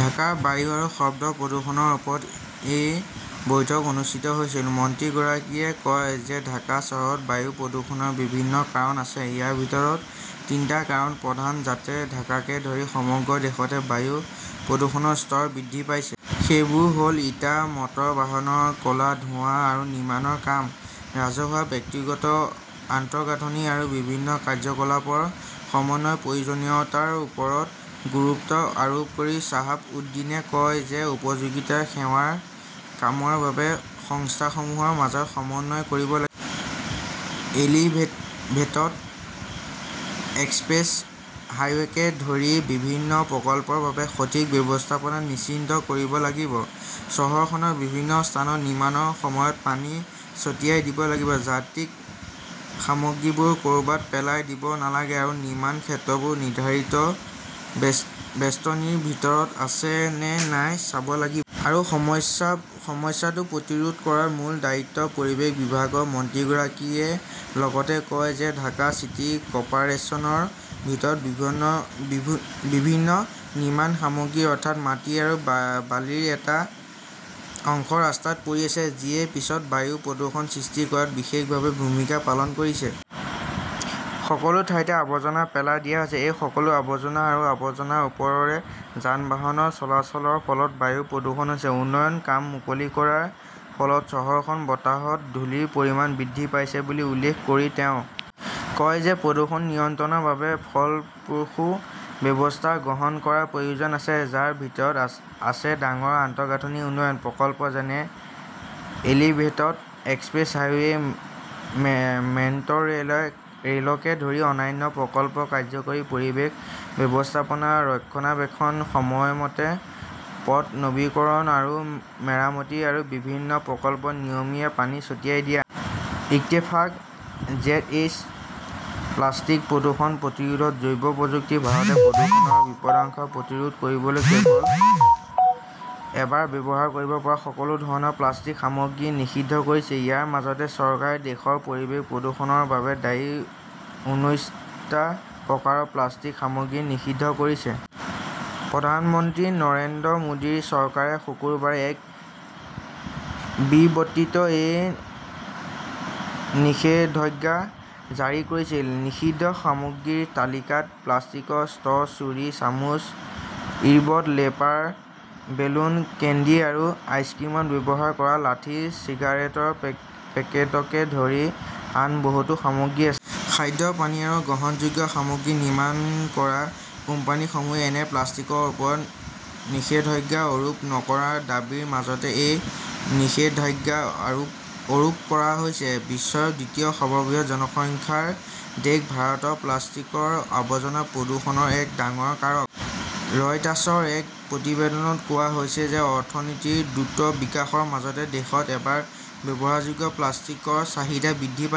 ঢাকাৰ বায়ু আৰু শব্দ প্ৰদূষণৰ ওপৰত এই বৈঠক অনুষ্ঠিত হৈছিল। মন্ত্ৰীগৰাকীয়ে কয় যে ঢাকা চহৰত বায়ু প্ৰদূষণৰ বিভিন্ন কাৰণ আছে। ইয়াৰ ভিতৰত তিনিটা কাৰণ প্ৰধান। যাতে ঢাকাকে ধৰি সমগ্ৰ দেশতে বায়ু প্ৰদূষণৰ স্তৰ বৃদ্ধি পাইছে। সেইবোৰ হ'ল ইটা, মটৰ বাহনৰ ক'লা ধোঁৱা আৰু নিৰ্মাণৰ কাম। ৰাজহুৱা-ব্যক্তিগত আন্তঃগাঁথনি আৰু বিভিন্ন কাৰ্যকলাপৰ সমন্বয়ৰ প্ৰয়োজনীয়তাৰ ওপৰত গুৰুত্ব আৰোপ কৰি শ্বাহাব উদ্দীনে কয় যে, উপযোগিতা সেৱাৰ কামৰ বাবে সংস্থাসমূহৰ মাজত সমন্বয় কৰিব লাগিব। এলিভেটেড এক্সপ্ৰেছ-হাইৱেকে ধৰি বিভিন্ন প্ৰকল্পৰ বাবে সঠিক ব্যৱস্থাপনা নিশ্চিত কৰিব লাগিব। চহৰখনৰ বিভিন্ন স্থানত নিৰ্মাণৰ সময়ত পানী ছটিয়াই দিব লাগিব, যান্ত্ৰিক সামগ্ৰীবোৰ ক'ৰবাত পেলাই দিব নালাগে আৰু নিৰ্মাণ ক্ষেত্ৰবোৰ নিৰ্ধাৰিত বেষ্টনীৰ ভিতৰত আছে নে নাই চাব লাগিব। আৰু সমস্যাটো প্ৰতিৰোধ কৰাৰ মূল দায়িত্ব পৰিৱেশ বিভাগৰ। মন্ত্ৰীগৰাকীয়ে লগতে কয় যে ঢাকা চিটি কৰ্পোৰেচনৰ ভিতৰত বিভিন্ন নিৰ্মাণ সামগ্ৰী, অৰ্থাৎ মাটি আৰু বালিৰ এটা অংশ ৰাস্তাত পৰি আছে, যিয়ে পিছত বায়ু প্ৰদূষণ সৃষ্টি কৰাত বিশেষভাৱে ভূমিকা পালন কৰিছে। সকলো ঠাইতে আৱৰ্জনা পেলাই দিয়া হৈছে। এই সকলো আৱৰ্জনা আৰু আৱৰ্জনাৰ ওপৰেৰে যান-বাহনৰ চলাচলৰ ফলত বায়ু প্ৰদূষণ হৈছে। উন্নয়নৰ কাম মুকলি কৰাৰ ফলত চহৰখনৰ বতাহত ধূলিৰ পৰিমাণ বৃদ্ধি পাইছে বুলি উল্লেখ কৰি তেওঁ কয় যে প্ৰদূষণ নিয়ন্ত্ৰণৰ বাবে ফলপ্ৰসূ ব্যৱস্থা গ্ৰহণ কৰাৰ প্ৰয়োজন আছে, যাৰ ভিতৰত আছে ডাঙৰ আন্তঃগাঁথনি উন্নয়ন প্ৰকল্প যেনে এলিভেটেড এক্সপ্ৰেছ হাইৱে, মেট্ৰ'ৰেলকে ধৰি অন্যান্য প্ৰকল্প, কাৰ্যকৰী পৰিৱেশ ব্যৱস্থাপনা ৰক্ষণাবেক্ষণ, সময়মতে পথ নৱীকৰণ আৰু মেৰামতি, আৰু বিভিন্ন প্ৰকল্পত নিয়মীয়া পানী ছটিয়াই দিয়া। ইত্তেফাক জেডএইচ প্লাষ্টিক প্ৰদূষণ প্ৰতিৰোধত জৈৱ প্ৰযুক্তি ভাৰতে প্ৰদূষণৰ বিপদাশংকা প্ৰতিৰোধ কৰিবলৈ কেৱল এবাৰ ব্যৱহাৰ কৰিব পৰা সকলো ধৰণৰ প্লাষ্টিক সামগ্ৰী নিষিদ্ধ কৰিছে। ইয়াৰ মাজতে চৰকাৰে দেশৰ পৰিৱেশ প্ৰদূষণৰ বাবে দায়ী উন্নৈছটা প্ৰকাৰৰ প্লাষ্টিক সামগ্ৰী নিষিদ্ধ কৰিছে। প্ৰধানমন্ত্ৰী নৰেন্দ্ৰ মোদীৰ চৰকাৰে শুকুৰবাৰে এক বিবৃতিত এই নিষেধাজ্ঞা জাৰি কৰিছিল। নিষিদ্ধ সামগ্ৰীৰ তালিকাত প্লাষ্টিকৰ ষ্ট্ৰ ', ছুৰী, চামুচ, ইৰবড, লেপাৰ, বেলুন, কেণ্ডি আৰু আইচক্ৰীমত ব্যৱহাৰ কৰা লাঠি, চিগাৰেটৰ পেকেটকে ধৰি আন বহুতো সামগ্ৰী আছে। খাদ্য, পানীয় আৰু গ্ৰহণযোগ্য সামগ্ৰী নিৰ্মাণ কৰা কোম্পানীসমূহে এনে প্লাষ্টিকৰ ওপৰত নিষেধাজ্ঞা আৰোপ নকৰাৰ দাবীৰ মাজতে এই নিষেধাজ্ঞা আৰোপ কৰা হৈছে। বিশ্বৰ দ্বিতীয় সৰ্ববৃহৎ জনসংখ্যাৰ দেশ ভাৰতত প্লাষ্টিকৰ আৱৰ্জনা প্ৰদূষণৰ এক ডাঙৰ কাৰক। ৰয়টাৰ্ছৰ এক প্ৰতিবেদনত কোৱা হৈছে যে, অৰ্থনীতিৰ দ্ৰুত বিকাশৰ মাজতে দেশত এবাৰ ব্যৱহাৰযোগ্য প্লাষ্টিকৰ চাহিদা বৃদ্ধি পাইছে।